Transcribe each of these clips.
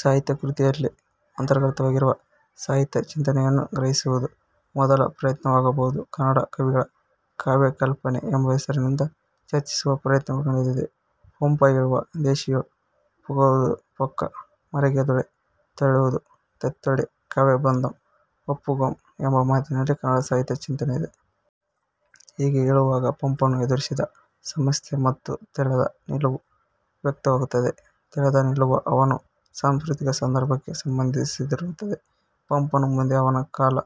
ಸಾಹಿತ್ಯ ಕೃತಿಯಲ್ಲಿ ಅಂತರ್ಗತವಾಗಿರುವ ಸಾಹಿತ್ಯ ಚಿಂತನೆಯನ್ನು ಗ್ರಹಿಸುವುದು ಮೊದಲ ಪ್ರಯತ್ನವಾಗಬಹುದು. 'ಕನ್ನಡ ಕವಿಗಳ ಕಾವ್ಯ ಕಲ್ಪನೆ' ಎಂಬ ಹೆಸರಿನಿಂದ ಚರ್ಚಿಸುವ ಪ್ರಯತ್ನಗಳ ನಡೆದಿವೆ. ಪಂಪ ಹೇಳುವ 'ದೇಶಿಯೊಳ್ ಪುಗುವುದು ಪೊಕ್ಕು ಮಾರ್ಗದೊಳೆ ತಳ್ವುದು. ತತ್ತೊಡೆ ಕಾವ್ಯಬಂಧಂ ಒಪ್ಪುಗಂ' ಎಂಬ ಮಾತಿನಲ್ಲಿ ಕನ್ನಡ ಸಾಹಿತ್ಯ ಚಿಂತನೆ ಇದೆ. ಹೀಗೆ ಹೇಳುವಾಗ ಪಂಪನು ಎದುರಿಸಿದ ಸಮಸ್ಯೆ ಮತ್ತು ತಳೆದ ನಿಲುವು ವ್ಯಕ್ತವಾಗುತ್ತದೆ. ತಳೆದ ನಿಲುವು ಅವನ ಸಾಂಸ್ಕೃತಿಕ ಸಂದರ್ಭಕ್ಕೆ ಸಂಬಂಧಿಸಿರುತ್ತದೆ. ಪಂಪನ ಮುಂದೆ ಅವನ ಕಾಲ,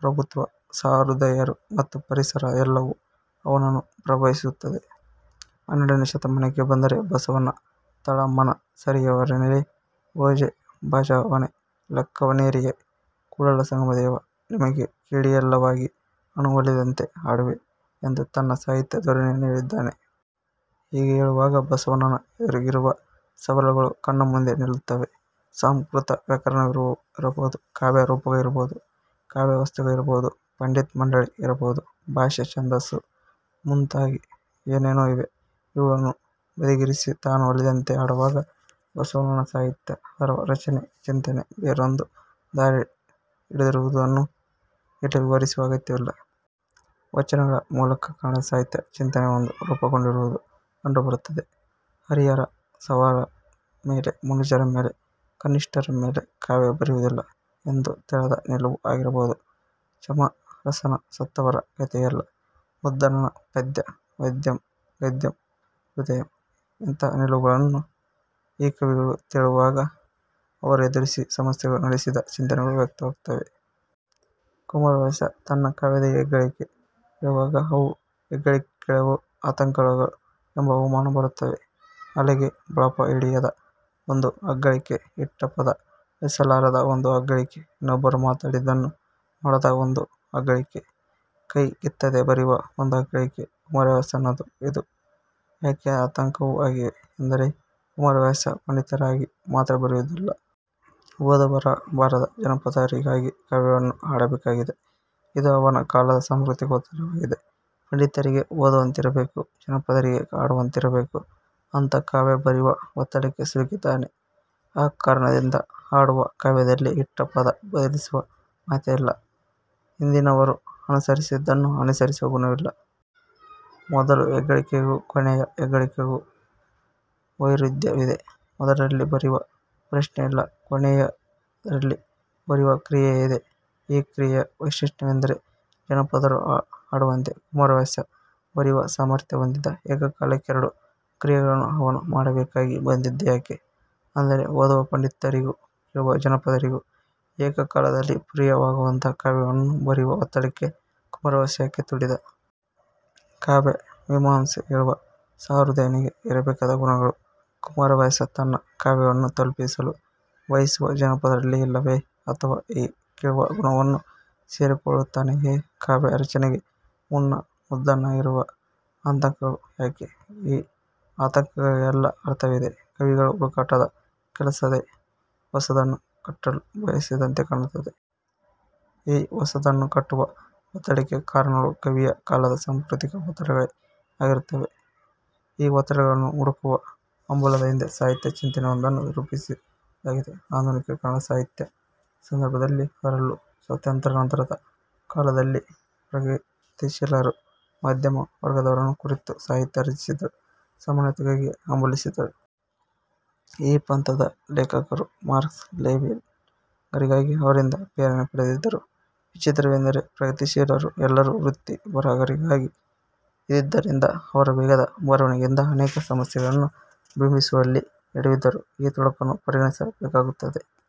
ಪ್ರಭುತ್ವ, ಸಹೃದಯರು ಮತ್ತು ಪರಿಸರ ಎಲ್ಲವೂ ಅವನನ್ನು ಪ್ರಭಾವಿಸಿರುತ್ತದೆ. ಹನ್ನೆರಡನೇ ಶತಮಾನಕ್ಕೆ ಬಂದರೆ ಬಸವಣ್ಣ 'ತಾಳಮಾನಸರಿಸವನರಿಯೆ, ಓಜೆಬಜಾವಣೆ ಲೆಕ್ಕವನರಿಯೆ, ಕೂಡಲ ಸಂಗಮದೇವಾ, ನಿಮಗೆ ಕೇಡಿಲ್ಲವಾಗಿ ಆನು ಒಲಿದಂತೆ ಹಾಡುವೆ' ಎಂದು ತನ್ನ ಸಾಹಿತ್ಯ ಧೋರಣೆಯನ್ನು ಹೇಳಿದ್ದಾನೆ. ಹೀಗೆ ಹೇಳುವಾಗ ಬಸವಣ್ಣನ ಎದುರಿಗಿರುವ ಸವಾಲುಗಳು ಕಣ್ಣ ಮುಂದೆ ನಿಲ್ಲುತ್ತವೆ. ಸಂಸ್ಕೃತ ವ್ಯಾಕರಣವಿರ ಬಹುದು, ಕಾವ್ಯ ರೂಪಗಳಿರಬಹುದು. ಕಾವ್ಯ ವಸ್ತುಗಳಿರಬಹುದು. ಪಂಡಿತ ಮಂಡಳಿ ಇರಬಹುದು. ಭಾಷೆ, ಛಂದಸ್ಸು ಮುಂತಾಗಿ ಏನೇನೋ ಇವೆ. ಇವುಗಳನ್ನು ಬದಿಗಿರಿಸಿ 'ತಾನು ಒಲಿದಂತೆ ಹಾಡುವಾಗ' ಬಸವಣ್ಣನ ಸಾಹಿತ್ಯ, ಅದರ ರಚನೆ, ಚಿಂತನೆ ಬೇರೊಂದು ದಾರಿ ಹಿಡಿದಿರುವುದನ್ನು ಇಲ್ಲಿ ವಿವರಿಸುವ ಅಗತ್ಯವಿಲ್ಲ. ವಚನಗಳ ಮೂಲಕ ಕನ್ನಡ ಸಾಹಿತ್ಯ ಚಿಂತನೆಯೊಂದು ರೂಪುಗೊಂಡಿರುವುದು ಕಂಡುಬರುತ್ತದೆ. ಹರಿಹರ 'ಸಾವವರ ಮೇಲೆ ಮನುಜರ ಮೇಲೆ, ಕನಿಷ್ಠರ ಮೇಲೆ' ಕಾವ್ಯ ಬರೆಯುವುದಿಲ್ಲ ಎಂದು ತಳೆದ ನಿಲುವು ಆಗಿರಬಹುದು. ಚಾಮರಸನ 'ಸತ್ತವರ ಕಥೆಯಲ್ಲ.. ' ಮುದ್ದಣನ 'ಪದ್ಯ ವದ್ಯಂ, ಗದ್ಯಂ ಹೃದ್ಯಂ. ' ಇಂಥ ನಿಲುವುಗಳನ್ನು ಈ ಕವಿಗಳು ತಳೆಯುವಾಗ ಅವರು ಎದುರಿಸಿದ ಸಮಸ್ಯೆಗಳು, ನಡೆಸಿದ ಚಿಂತನೆಗಳು ವ್ಯಕ್ತವಾಗುತ್ತವೆ. ಕುಮಾರವ್ಯಾಸ ತನ್ನ ಕಾವ್ಯದ ಹೆಗ್ಗಳಿಕೆ ಹೇಳುವಾಗ, ಅವು ಹೆಗ್ಗಳಿಕೆಗಳೋ ಆತಂಕಗಳೋ ಎಂಬ ಅನುಮಾನ ಬರುತ್ತದೆ. ಹಲಗೆ, ಬಳಪ ಹಿಡಿಯದ ಒಂದು ಅಗ್ಗಳಿಕೆ, ಇಟ್ಟ ಪದ ಅಳಿಸಲಾರದ ಒಂದು ಅಗ್ಗಳಿಕೆ, ಇನ್ನೊಬ್ಬರು ಮಾಡಿದ್ದನ್ನು ಮಾಡದ ಒಂದು ಅಗ್ಗಳಿಕೆ, ಕೈ ಕಿತ್ತದೆ ಬರೆಯುವ ಒಂದು ಅಗ್ಗಳಿಕೆ ಕುಮಾರವ್ಯಾಸನದು. ಇವು ಯಾಕೆ ಆತಂಕವೂ ಆಗಿವೆ ಎಂದರೆ, ಕುಮಾರವ್ಯಾಸ ಪಂಡಿತರಿಗಾಗಿ ಮಾತ್ರ ಬರೆಯುವುದಿಲ್ಲ. ಓದು ಬರಹ ಬಾರದ ಜನಪದರಿಗಾಗಿ ಕಾವ್ಯವನ್ನು ಹಾಡಬೇಕಾಗಿದೆ. ಇದು ಅವನ ಕಾಲದ ಸಾಂಸ್ಕೃತಿಕ ಒತ್ತಡವಾಗಿದೆ. ಪಂಡಿತರಿಗೆ ಓದುವಂತಿರಬೇಕು. ಜನಪದರಿಗೆ ಹಾಡುವಂತಿರಬೇಕು. ಅಂಥ ಕಾವ್ಯ ಬರೆಯುವ ಒತ್ತಡಕ್ಕೆ ಸಿಲುಕಿದ್ದಾನೆ. ಆ ಕಾರಣದಿಂದ ಹಾಡುವ ಕಾವ್ಯದಲ್ಲಿ ಇಟ್ಟ ಪದ ಬದಲಿಸುವ ಮಾತೇ ಇಲ್ಲ. ಹಿಂದಿನವರು ಅನುಸರಿಸಿದ್ದನ್ನು ಅನುಸರಿಸುವ ಗುಣವಿಲ್ಲ. ಮೊದಲ ಹೆಗ್ಗಳಿಕೆಗೂ ಕೊನೆಯ ಹೆಗ್ಗಳಿಕೆಗೂ ವೈರುಧ್ಯವಿದೆ. ಮೊದಲಲ್ಲಿ ಬರೆಯುವ ಪ್ರಶ್ನೆಯಿಲ್ಲ. ಕೊನೆಯದರಲ್ಲಿ ಬರೆಯುವ ಕ್ರಿಯೆ ಇದೆ. ಆ ಕ್ರಿಯೆಯ ವೈಶಿಷ್ಟ್ಯವೆಂದರೆ ಜನಪದರು ಹಾಡುವಂತೆ ಕುಮಾರವ್ಯಾಸ ಬರೆಯುವ ಸಾಮರ್ಥ್ಯ ಹೊಂದಿದ್ದ. ಏಕಕಾಲಕ್ಕೆ ಎರಡು ಕ್ರಿಯೆಗಳನ್ನು ಅವನು ಮಾಡಬೇಕಾಗಿ ಬಂದದ್ದು ಯಾಕೆ? ಅಂದರೆ ಓದುವ ಪಂಡಿತರಿಗೂ, ಕೇಳುವ ಜನಪದರಿಗೂ ಏಕಕಾಲದಲ್ಲಿ ಪ್ರಿಯವಾಗುವಂಥ ಕಾವ್ಯವನ್ನು ಬರೆಯುವ ಒತ್ತಡಕ್ಕೆ ಕುಮಾರವ್ಯಾಸ ಯಾಕೆ ತುಡಿದ? ಕಾವ್ಯ ಮೀಮಾಂಸೆ ಹೇಳುವ ಸಹೃದಯನಿಗೆ ಇರಬೇಕಾದ ಗುಣಗಳು ಕುಮಾರವ್ಯಾಸ ತನ್ನ ಕಾವ್ಯವನ್ನು ತಲುಪಿಸಲು ಬಯಸುವ ಜನಪದರಲ್ಲಿ ಇಲ್ಲವೇ? ಅಥವಾ ಈ ಕೇಳುವ ಗುಣವನ್ನು ಸೇರಿಕೊಳ್ಳು ತ್ತಾನೆಯೇ? ಕಾವ್ಯ ರಚನೆಗೆ ಮುನ್ನ ಮುದ್ದಣನಿಗಿರುವ ಆತಂಕಗಳು ಯಾಕೆ? ಈ ಆತಂಕಗಳಿಗೆಲ್ಲ ಅರ್ಥವಿದೆ. ಕವಿಗಳ ಹುಡುಕಾಟದ ಕೆಲಸವೇ ಹೊಸದನ್ನು ಕಟ್ಟಲು ಬಯಸಿದಂತೆ ಕಾಣುತ್ತದೆ. ಈ ಹೊಸದನ್ನು ಕಟ್ಟುವ ಒತ್ತಡಕ್ಕೆ ಕಾರಣಗಳು ಕವಿಯ ಕಾಲದ ಸಾಂಸ್ಕೃತಿಕ ಒತ್ತಡಗಳೇ ಆಗಿರುತ್ತವೆ. ಈ ಒತ್ತಡಗಳನ್ನು ಹುಡುಕುವ ಹಂಬಲದ ಹಿಂದೆ ಸಾಹಿತ್ಯ ಚಿಂತನೆಯೊಂದನ್ನು ರೂಪಿಸುವುದಾಗಿದೆ. ಆಧುನಿಕ ಕನ್ನಡ ಸಾಹಿತ್ಯ ಸಂದರ್ಭದಲ್ಲಿ ಅದರಲ್ಲೂ ಸ್ವಾತಂತ್ರ್ಯಾನಂತರದ ಕಾಲದಲ್ಲಿ ಪ್ರಗತಿಶೀಲರು ಮಧ್ಯಮ ವರ್ಗದವರನ್ನು ಕುರಿತು ಸಾಹಿತ್ಯ ರಚಿಸಿದರು. ಸಮಾನತೆಗಾಗಿ ಹಂಬಲಿಸಿದರು. ಈ ಪಂಥದ ಲೇಖಕರು ಮಾರ್ಕ್ಸ್, ಲೆಲಿನ್, ಗಾರ್ಗಿ ಅವರಿಂದ ಪ್ರೇರಣೆ ಪಡೆದಿದ್ದರು. ವಿಚಿತ್ರವೆಂದರೆ ಪ್ರಗತಿಶೀಲರು ಎಲ್ಲರೂ ವೃತ್ತಿ ಬರಹಗಾರರಾಗಿ ಇದ್ದಿದ್ದರಿಂದ ಅವರ ವೇಗದ ಬರವಣಿಗೆಯಿಂದ ಅನೇಕ ಸಮಸ್ಯೆಗಳನ್ನು ಬಿಂಬಿಸುವಲ್ಲಿ ಎಡವಿದರು. ಈ ತೊಡಕನ್ನು ಪರಿಗಣಿಸಬೇಕಾಗುತ್ತದೆ.